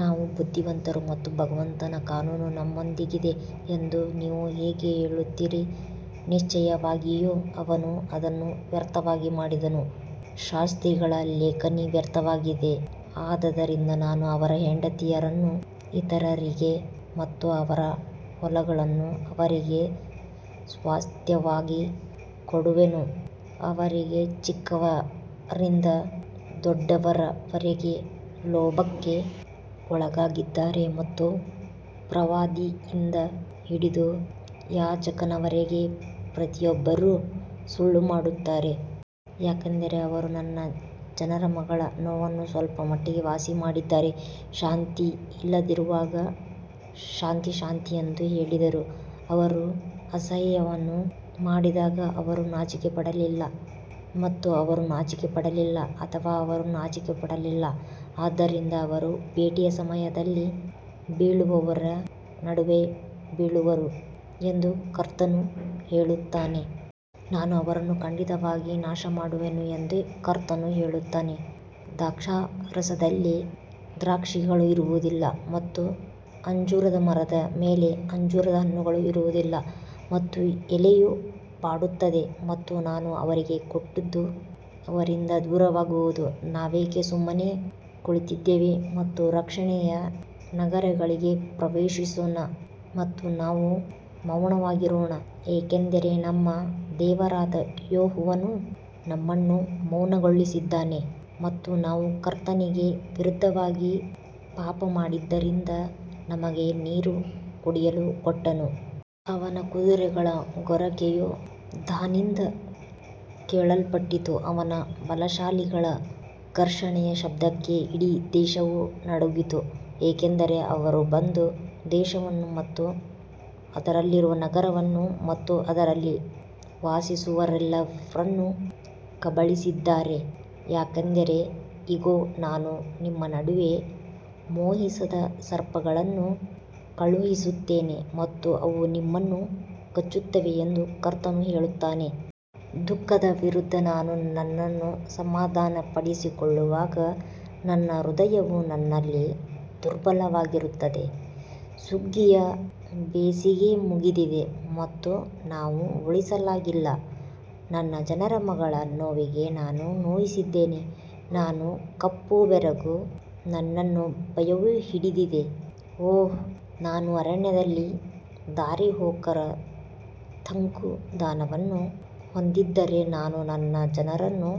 ನಾವು ಬುದ್ಧಿವಂತರು ಮತ್ತು ಭಗವಂತನ ಕಾನೂನು ನಮ್ಮೊಂದಿಗಿದೆ ಎಂದು ನೀವು ಹೇಗೆ ಹೇಳುತ್ತೀರಿ, ನಿಶ್ಚಯವಾಗಿಯೂ ಅವನು ಅದನ್ನು ವ್ಯರ್ಥವಾಗಿ ಮಾಡಿದನು, ಶಾಸ್ತ್ರಿಗಳ ಲೇಖನಿ ವ್ಯರ್ಥವಾಗಿದೆ. ಆದದರಿಂದ ನಾನು ಅವರ ಹೆಂಡತಿಯರನ್ನು ಇತರರಿಗೆ ಮತ್ತು ಅವರ ಹೊಲಗಳನ್ನು ಅವರಿಗೆ ಸ್ವಾಸ್ತ್ಯವಾಗಿ ಕೊಡುವೆನು, ಅವರಿಗೆ ಚಿಕ್ಕವರಿಂದ ದೊಡ್ಡವರವರೆಗೆ ಲೋಭಕ್ಕೆ ಒಳಗಾಗಿದ್ದಾರೆ ಮತ್ತು ಪ್ರವಾದಿಯಿಂದ ಹಿಡಿದು ಯಾಜಕನವರೆಗೆ ಪ್ರತಿಯೊಬ್ಬರೂ ಸುಳ್ಳು ಮಾಡುತ್ತಾರೆ. ಯಾಕಂದರೆ ಅವರು ನನ್ನ ಜನರ ಮಗಳ ನೋವನ್ನು ಸ್ವಲ್ಪಮಟ್ಟಿಗೆ ವಾಸಿಮಾಡಿದ್ದಾರೆ, ಶಾಂತಿ ಇಲ್ಲದಿರುವಾಗ ಶಾಂತಿ ಶಾಂತಿ ಎಂದು ಹೇಳಿದರು. ಅವರು ಅಸಹ್ಯವನ್ನು ಮಾಡಿದಾಗ ಅವರು ನಾಚಿಕೆಪಡಲಿಲ್ಲ ಮತ್ತು ಅವರು ನಾಚಿಕೆಪಡಲಿಲ್ಲ ಅಥವಾ ಅವರು ನಾಚಿಕೆಪಡಲಿಲ್ಲ, ಆದ್ದರಿಂದ ಅವರು ಭೇಟಿಯ ಸಮಯದಲ್ಲಿ ಬೀಳುವವರ ನಡುವೆ ಬೀಳುವರು ಎಂದು ಕರ್ತನು ಹೇಳುತ್ತಾನೆ. ನಾನು ಅವರನ್ನು ಖಂಡಿತವಾಗಿ ನಾಶಮಾಡುವೆನು ಎಂದು ಕರ್ತನು ಹೇಳುತ್ತಾನೆ, ದ್ರಾಕ್ಷಾರಸದಲ್ಲಿ ದ್ರಾಕ್ಷಿಗಳು ಇರುವುದಿಲ್ಲ ಮತ್ತು ಅಂಜೂರದ ಮರದ ಮೇಲೆ ಅಂಜೂರದ ಹಣ್ಣುಗಳು ಇರುವುದಿಲ್ಲ ಮತ್ತು ಎಲೆಯು ಬಾಡುತ್ತದೆ ಮತ್ತು ನಾನು ಅವರಿಗೆ ಕೊಟ್ಟದ್ದು ಅವರಿಂದ ದೂರವಾಗುವುದು. ನಾವೇಕೆ ಸುಮ್ಮನೆ ಕುಳಿತಿದ್ದೇವೆ ಮತ್ತು ರಕ್ಷಣೆಯ ನಗರಗಳಿಗೆ ಪ್ರವೇಶಿಸೋಣ ಮತ್ತು ನಾವು ಮೌನವಾಗಿರೋಣ, ಏಕೆಂದರೆ ನಮ್ಮ ದೇವರಾದ ಯೆಹೋವನು ನಮ್ಮನ್ನು ಮೌನಗೊಳಿಸಿದ್ದಾನೆ ಮತ್ತು ನಾವು ಕರ್ತನಿಗೆ ವಿರುದ್ಧವಾಗಿ ಪಾಪಮಾಡಿದ್ದರಿಂದ ನಮಗೆ ನೀರು ಕುಡಿಯಲು ಕೊಟ್ಟನು. ಅವನ ಕುದುರೆಗಳ ಗೊರಕೆಯು ದಾನ್ನಿಂದ ಕೇಳಲ್ಪಟ್ಟಿತು, ಅವನ ಬಲಶಾಲಿಗಳ ಘರ್ಷಣೆಯ ಶಬ್ದಕ್ಕೆ ಇಡೀ ದೇಶವು ನಡುಗಿತು, ಏಕೆಂದರೆ ಅವರು ಬಂದು ದೇಶವನ್ನು ಮತ್ತು ಅದರಲ್ಲಿರುವ ನಗರವನ್ನು ಮತ್ತು ಅದರಲ್ಲಿ ವಾಸಿಸುವವರೆಲ್ಲರನ್ನು ಕಬಳಿಸಿದ್ದಾರೆ. ಯಾಕಂದರೆ ಇಗೋ, ನಾನು ನಿಮ್ಮ ನಡುವೆ ಮೋಹಿಸದ ಸರ್ಪಗಳನ್ನು ಕಳುಹಿಸುತ್ತೇನೆ ಮತ್ತು ಅವು ನಿಮ್ಮನ್ನು ಕಚ್ಚುತ್ತವೆ ಎಂದು ಕರ್ತನು ಹೇಳುತ್ತಾನೆ. ದುಃಖದ ವಿರುದ್ಧ ನಾನು ನನ್ನನ್ನು ಸಮಾಧಾನಪಡಿಸಿಕೊಳ್ಳುವಾಗ ನನ್ನ ಹೃದಯವು ನನ್ನಲ್ಲಿ ದುರ್ಬಲವಾಗಿರುತ್ತದೆ, ಸುಗ್ಗಿಯ ಬೇಸಿಗೆ ಮುಗಿದಿದೆ ಮತ್ತು ನಾವು ಉಳಿಸಲಾಗಿಲ್ಲ, ನನ್ನ ಜನರ ಮಗಳ ನೋವಿಗೆ ನಾನು ನೋಯಿಸಿದ್ದೇನೆ, ನಾನು ಕಪ್ಪು ಬೆರಗು, ನನ್ನನ್ನು ಭಯವು ಹಿಡಿದಿದೆ. ಓಹ್, ನಾನು ಅರಣ್ಯದಲ್ಲಿ ದಾರಿಹೋಕರ ತಂಗುದಾಣವನ್ನು ಹೊಂದಿದ್ದರೆ, ನಾನು ನನ್ನ ಜನರನ್ನು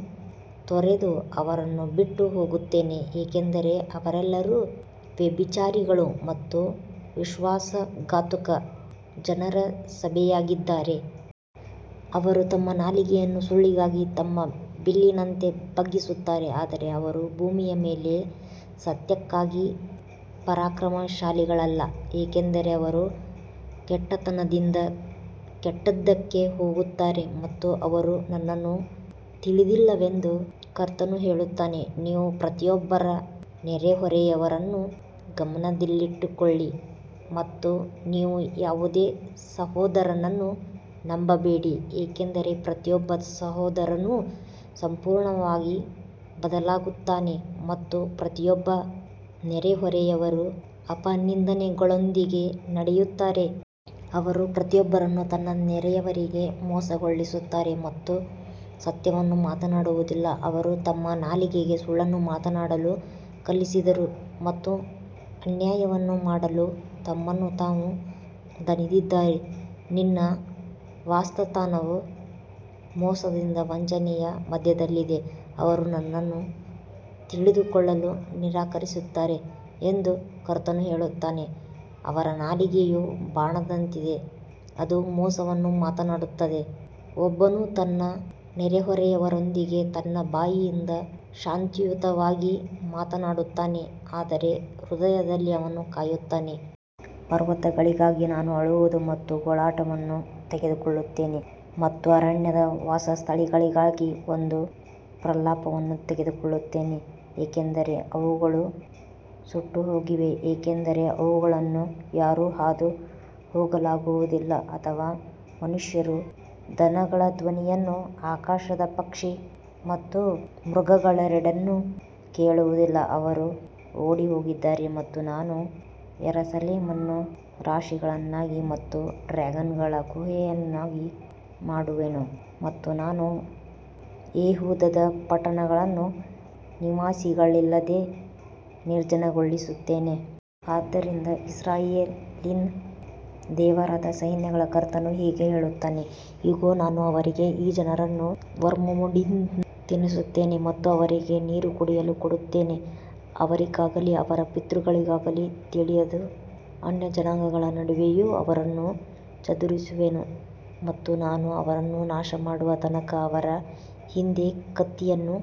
ತೊರೆದು ಅವರನ್ನು ಬಿಟ್ಟು ಹೋಗುತ್ತೇನೆ, ಏಕೆಂದರೆ ಅವರೆಲ್ಲರೂ ವ್ಯಭಿಚಾರಿಗಳು ಮತ್ತು ವಿಶ್ವಾಸಘಾತುಕ ಜನರ ಸಭೆಯಾಗಿದ್ದಾರೆ. ಅವರು ತಮ್ಮ ನಾಲಿಗೆಯನ್ನು ಸುಳ್ಳಿಗಾಗಿ ತಮ್ಮ ಬಿಲ್ಲಿನಂತೆ ಬಗ್ಗಿಸುತ್ತಾರೆ, ಆದರೆ ಅವರು ಭೂಮಿಯ ಮೇಲೆ ಸತ್ಯಕ್ಕಾಗಿ ಪರಾಕ್ರಮಶಾಲಿಗಳಲ್ಲ, ಏಕೆಂದರೆ ಅವರು ಕೆಟ್ಟತನದಿಂದ ಕೆಟ್ಟದ್ದಕ್ಕೆ ಹೋಗುತ್ತಾರೆ ಮತ್ತು ಅವರು ನನ್ನನ್ನು ತಿಳಿದಿಲ್ಲವೆಂದು ಕರ್ತನು ಹೇಳುತ್ತಾನೆ. ನೀವು ಪ್ರತಿಯೊಬ್ಬರ ನೆರೆಹೊರೆಯವರನ್ನೂ ಗಮನದಲ್ಲಿಟ್ಟುಕೊಳ್ಳಿ ಮತ್ತು ನೀವು ಯಾವುದೇ ಸಹೋದರನನ್ನು ನಂಬಬೇಡಿ, ಏಕೆಂದರೆ ಪ್ರತಿಯೊಬ್ಬ ಸಹೋದರನು ಸಂಪೂರ್ಣವಾಗಿ ಬದಲಿಯಾಗುತ್ತಾನೆ ಮತ್ತು ಪ್ರತಿಯೊಬ್ಬ ನೆರೆಹೊರೆಯವರು ಅಪನಿಂದೆಗಳೊಂದಿಗೆ ನಡೆಯುತ್ತಾರೆ. ಅವರು ಪ್ರತಿಯೊಬ್ಬರನ್ನು ತನ್ನ ನೆರೆಯವರಿಗೆ ಮೋಸಗೊಳಿಸುತ್ತಾರೆ ಮತ್ತು ಸತ್ಯವನ್ನು ಮಾತನಾಡುವುದಿಲ್ಲ, ಅವರು ತಮ್ಮ ನಾಲಿಗೆಗೆ ಸುಳ್ಳನ್ನು ಮಾತನಾಡಲು ಕಲಿಸಿದರು ಮತ್ತು ಅನ್ಯಾಯವನ್ನು ಮಾಡಲು ತಮ್ಮನ್ನು ತಾವು ದಣಿದಿದ್ದಾರೆ. ನಿನ್ನ ವಾಸಸ್ಥಾನವು ಮೋಸದಿಂದ ವಂಚನೆಯ ಮಧ್ಯದಲ್ಲಿದೆ, ಅವರು ನನ್ನನ್ನು ತಿಳಿದುಕೊಳ್ಳಲು ನಿರಾಕರಿಸುತ್ತಾರೆ ಎಂದು ಕರ್ತನು ಹೇಳುತ್ತಾನೆ. ಅವರ ನಾಲಿಗೆಯು ಬಾಣದಂತಿದೆ, ಅದು ಮೋಸವನ್ನು ಮಾತನಾಡುತ್ತದೆ, ಒಬ್ಬನು ತನ್ನ ನೆರೆಹೊರೆಯವರೊಂದಿಗೆ ತನ್ನ ಬಾಯಿಂದ ಶಾಂತಿಯುತವಾಗಿ ಮಾತನಾಡುತ್ತಾನೆ, ಆದರೆ ಹೃದಯದಲ್ಲಿ ಅವನು ಕಾಯುತ್ತಾನೆ. ಪರ್ವತಗಳಿಗಾಗಿ ನಾನು ಅಳುವುದು ಮತ್ತು ಗೋಳಾಟವನ್ನು ತೆಗೆದುಕೊಳ್ಳುತ್ತೇನೆ ಮತ್ತು ಅರಣ್ಯದ ವಾಸಸ್ಥಳಗಳಿಗಾಗಿ ಒಂದು ಪ್ರಲಾಪವನ್ನು ತೆಗೆದುಕೊಳ್ಳುತ್ತೇನೆ, ಏಕೆಂದರೆ ಅವುಗಳು ಸುಟ್ಟುಹೋಗಿವೆ, ಏಕೆಂದರೆ ಅವುಗಳನ್ನು ಯಾರೂ ಹಾದು ಹೋಗಲಾಗುವುದಿಲ್ಲ ಅಥವಾ ಮನುಷ್ಯರು ದನಗಳ ಧ್ವನಿಯನ್ನು, ಆಕಾಶದ ಪಕ್ಷಿ ಮತ್ತು ಮೃಗಗಳೆರಡನ್ನೂ ಕೇಳುವುದಿಲ್ಲ. ಅವರು ಓಡಿಹೋಗಿದ್ದಾರೆ ಮತ್ತು ನಾನು ಯೆರೂಸಲೇಮನ್ನು ರಾಶಿಗಳನ್ನಾಗಿ ಮತ್ತು ಡ್ರ್ಯಾಗನ್ಗಳ ಗುಹೆಯನ್ನಾಗಿ ಮಾಡುವೆನು ಮತ್ತು ನಾನು ಯೆಹೂದದ ಪಟ್ಟಣಗಳನ್ನು ನಿವಾಸಿಗಳಿಲ್ಲದೆ ನಿರ್ಜನಗೊಳಿಸುತ್ತೇನೆ. ಆದದರಿಂದ ಇಸ್ರಾಯೇಲಿನ ದೇವರಾದ ಸೈನ್ಯಗಳ ಕರ್ತನು ಹೀಗೆ ಹೇಳುತ್ತಾನೆ, ಇಗೋ, ನಾನು ಅವರಿಗೆ ಈ ಜನರನ್ನೂ ವರ್ಮ್ವುಡ್ನಿಂದ ತಿನ್ನಿಸುತ್ತೇನೆ ಮತ್ತು ಅವರಿಗೆ ನೀರು ಕುಡಿಯಲು ಕೊಡುತ್ತೇನೆ. ಅವರಿಗಾಗಲಿ ಅವರ ಪಿತೃಗಳಿಗಾಗಲಿ ತಿಳಿಯದ ಅನ್ಯಜನಾಂಗಗಳ ನಡುವೆಯೂ ಅವರನ್ನು ಚದುರಿಸುವೆನು ಮತ್ತು ನಾನು ಅವರನ್ನು ನಾಶಮಾಡುವ ತನಕ ಅವರ ಹಿಂದೆ ಕತ್ತಿಯನ್ನು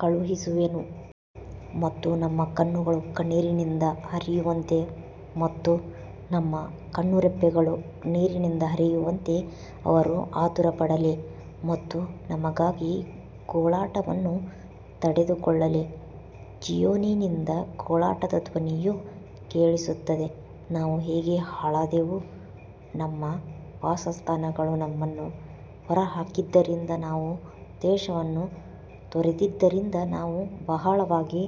ಕಳುಹಿಸುವೆನು. ಮತ್ತು ನಮ್ಮ ಕಣ್ಣುಗಳು ಕಣ್ಣೀರಿನಿಂದ ಹರಿಯುವಂತೆ ಮತ್ತು ನಮ್ಮ ಕಣ್ಣುರೆಪ್ಪೆಗಳು ನೀರಿನಿಂದ ಹರಿಯುವಂತೆ ಅವರು ಆತುರಪಡಲಿ ಮತ್ತು ನಮಗಾಗಿ ಗೋಳಾಟವನ್ನು ತೆಗೆದುಕೊಳ್ಳಲಿ. ಚೀಯೋನಿನಿಂದ ಗೋಳಾಟದ ಧ್ವನಿಯು ಕೇಳಿಸುತ್ತದೆ, ನಾವು ಹೇಗೆ ಹಾಳಾದೆವು, ನಮ್ಮ ವಾಸಸ್ಥಾನಗಳು ನಮ್ಮನ್ನು ಹೊರಹಾಕಿದ್ದರಿಂದ ನಾವು ದೇಶವನ್ನು ತೊರೆದಿದ್ದರಿಂದ ನಾವು ಬಹಳವಾಗಿ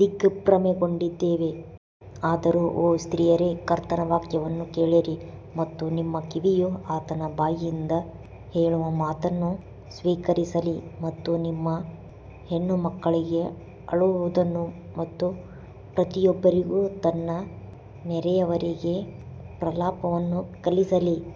ದಿಗ್ಭ್ರಮೆಗೊಂಡಿದ್ದೇವೆ. ಆದರೂ ಓ ಸ್ತ್ರೀಯರೇ, ಕರ್ತನ ವಾಕ್ಯವನ್ನು ಕೇಳಿರಿ ಮತ್ತು ನಿಮ್ಮ ಕಿವಿಯು ಆತನ ಬಾಯಿಂದ ಹೇಳುವ ಮಾತನ್ನು ಸ್ವೀಕರಿಸಲಿ ಮತ್ತು ನಿಮ್ಮ ಹೆಣ್ಣುಮಕ್ಕಳಿಗೆ ಅಳುವುದನ್ನು ಮತ್ತು ಪ್ರತಿಯೊಬ್ಬರಿಗೂ ತನ್ನ ನೆರೆಯವರಿಗೆ ಪ್ರಲಾಪವನ್ನು ಕಲಿಸಲಿ.